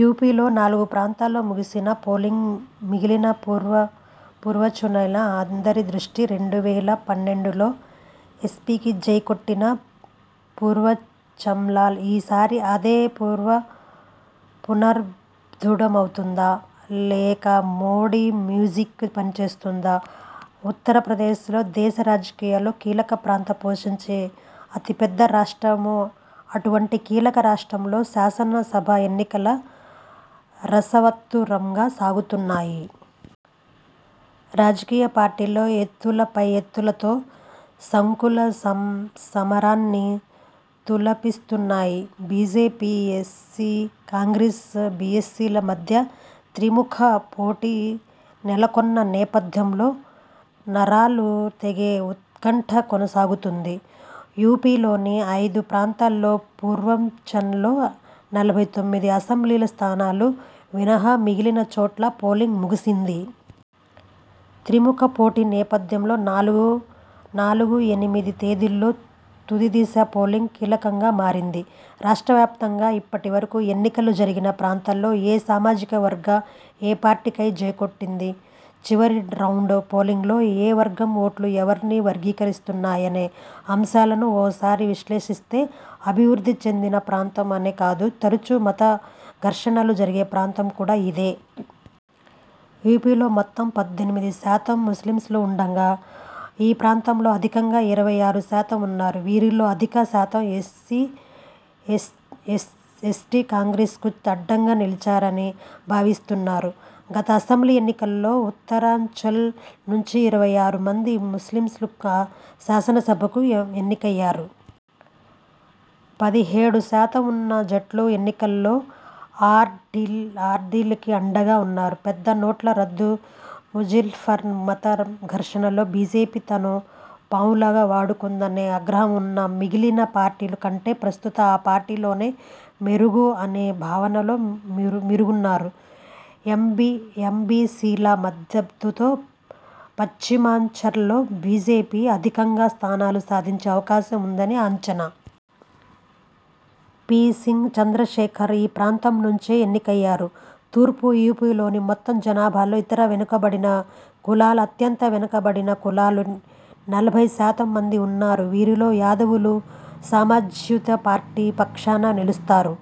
యూపీలో నాలుగు ప్రాంతాల్లో ముగిసిన పోలింగ్ మిగిలిన పూర్వ పూర్వాంచల్పైనే అందరి దృష్టి. రెండు వేల పన్నెండులో ఎస్పీకి జై కొట్టిన పూర్వాంచల్ ఈ సారీ అదే పూర్వ పునాదృదమవుతుందా? లేక మోదీ మ్యాజిక్ పనిచేస్తుందా? ఉత్తరప్రదేశ్, దేశ రాజకీయాల్లో కీలక పాత్ర పోషించే అతి పెద్ద రాష్ట్రం, అటువంటి కీలక రాష్ట్రంలో శాసన సభ ఎన్నికలు రసవత్త రంగా సాగుతున్నాయి. రాజకీయ పార్టీల ఎత్తుల పై ఎత్తులతో సంకుల సమరాన్ని తులపిస్తున్నాయి. బీజేపీ, ఎస్పీ, కాంగ్రెస్, బీఎస్పీల మధ్య త్రిముఖ పోటీ నెలకొన్న నేపథ్యంలో నరాలు తెగే ఉత్కంఠ కొనసాగుతోంది. యూపీలోని ఐదు ప్రాంతాల్లో పూర్వాంచల్లోని ఎనభై తొమ్మిది అసెంబ్లీ స్థానాలు మినహా మిగిలిన చోట్ల పోలింగ్ ముగిసింది. త్రిముఖ పోటీ నేపథ్యంలో నాలుగు నాలుగు, ఎనిమిది తేదీల్లో తుదిదశ పోలింగ్ కీలకంగా మారింది. రాష్ట్ర వ్యాప్తంగా ఇప్పటి వరకు ఎన్నికలు జరిగిన ప్రాంతాల్లో ఏ సామాజిక వర్గం ఏ పార్టీకి జై కొట్టింది? చివరి రౌండ్ పోలింగ్లో ఏ వర్గం ఓట్లు ఎవరిని వరించనున్నాయనే అంశాలను ఓ సారి విశ్లేషిస్తే, అభివృద్ధి చెందిన ప్రాంతం గానే కాదు తరచూ మత ఘర్షణలు జరిగే ప్రాంతం కూడా ఇదే. యూపీలో మొత్తం పద్దెనిమిది శాతం ముస్లింలు ఉండగా ఈ ప్రాంతంలో అధికంగా ఇరవై ఆరు శాతం ఉన్నారు. వీరిలో అధిక శాతం ఎస్పీ ఎస్టీ, కాంగ్రెస్ కు అండగా నిలిచారని భావిస్తున్నారు. గత అసెంబ్లీ ఎన్నికల్లో ఉత్తరాంచల్ నుంచి ఇరవై ఆరు మంది ముస్లింలు శాసన శాసన సభకు ఎన్నికయ్యారు. పదిహేడు శాతం ఉన్న జూట్లు ఎన్నికల్లో అర్ఎల్డీకి అండగా ఉన్నారు. పెద్ద నోట్ల రద్దు, ముజఫర్నగర్ మత ఘర్షణల్లో బీజేపీ తమను పావులుగా వాడుకున్నదనే అగ్రహం ఉన్నా మిగిలిన పార్టీల కంటే ప్రస్తుతం ఆ పార్టీనే మెరుగు అనే భావనలో వీరున్నారు. ఎంబి ఎంబీసీల మద్దతుతో పశ్చిమాంచల్లో బీజేపీ అత్యధిక స్థానాలు సాధించే అవకాశం ఉందని అంచనా. పి. సింగ్, చంద్రశేఖర్ ఈ ప్రాంతం నుంచే ఎన్నికయ్యారు. తూర్పు యూపీలోని మొత్తం జనాభాలో ఇతర వెనుకబడిన కులాలు, అత్యంత వెనుక బడిన కులాలు నలభై శాతం మంది ఉన్నారు. వీరిలో యాదవులు సమాజ్వాదీ పార్టీ పక్షాన నిలుస్తారు.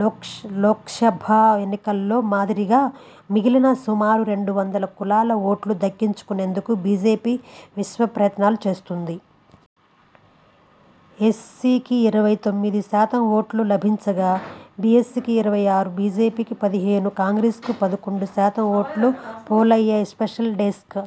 లోక్ లోక్సభ ఎన్నికల్లో మాదిరిగా మిగిలిన సుమారు రెండు వందల కులాల ఓట్లు దక్కించుకునేందుకు బీజేపీ విశ్వప్రయత్నాలు చేస్తోంది. ఎస్పీకి ఇరవై తొమ్మిది శాతం ఓట్లు లభించగా, బీఎస్పీకి ఇరవై ఆరు, బీజేపీ పదిహేను, కాంగ్రె్సకు పదకొండు శాతం ఓట్లు పోలయ్యాయి. Special desk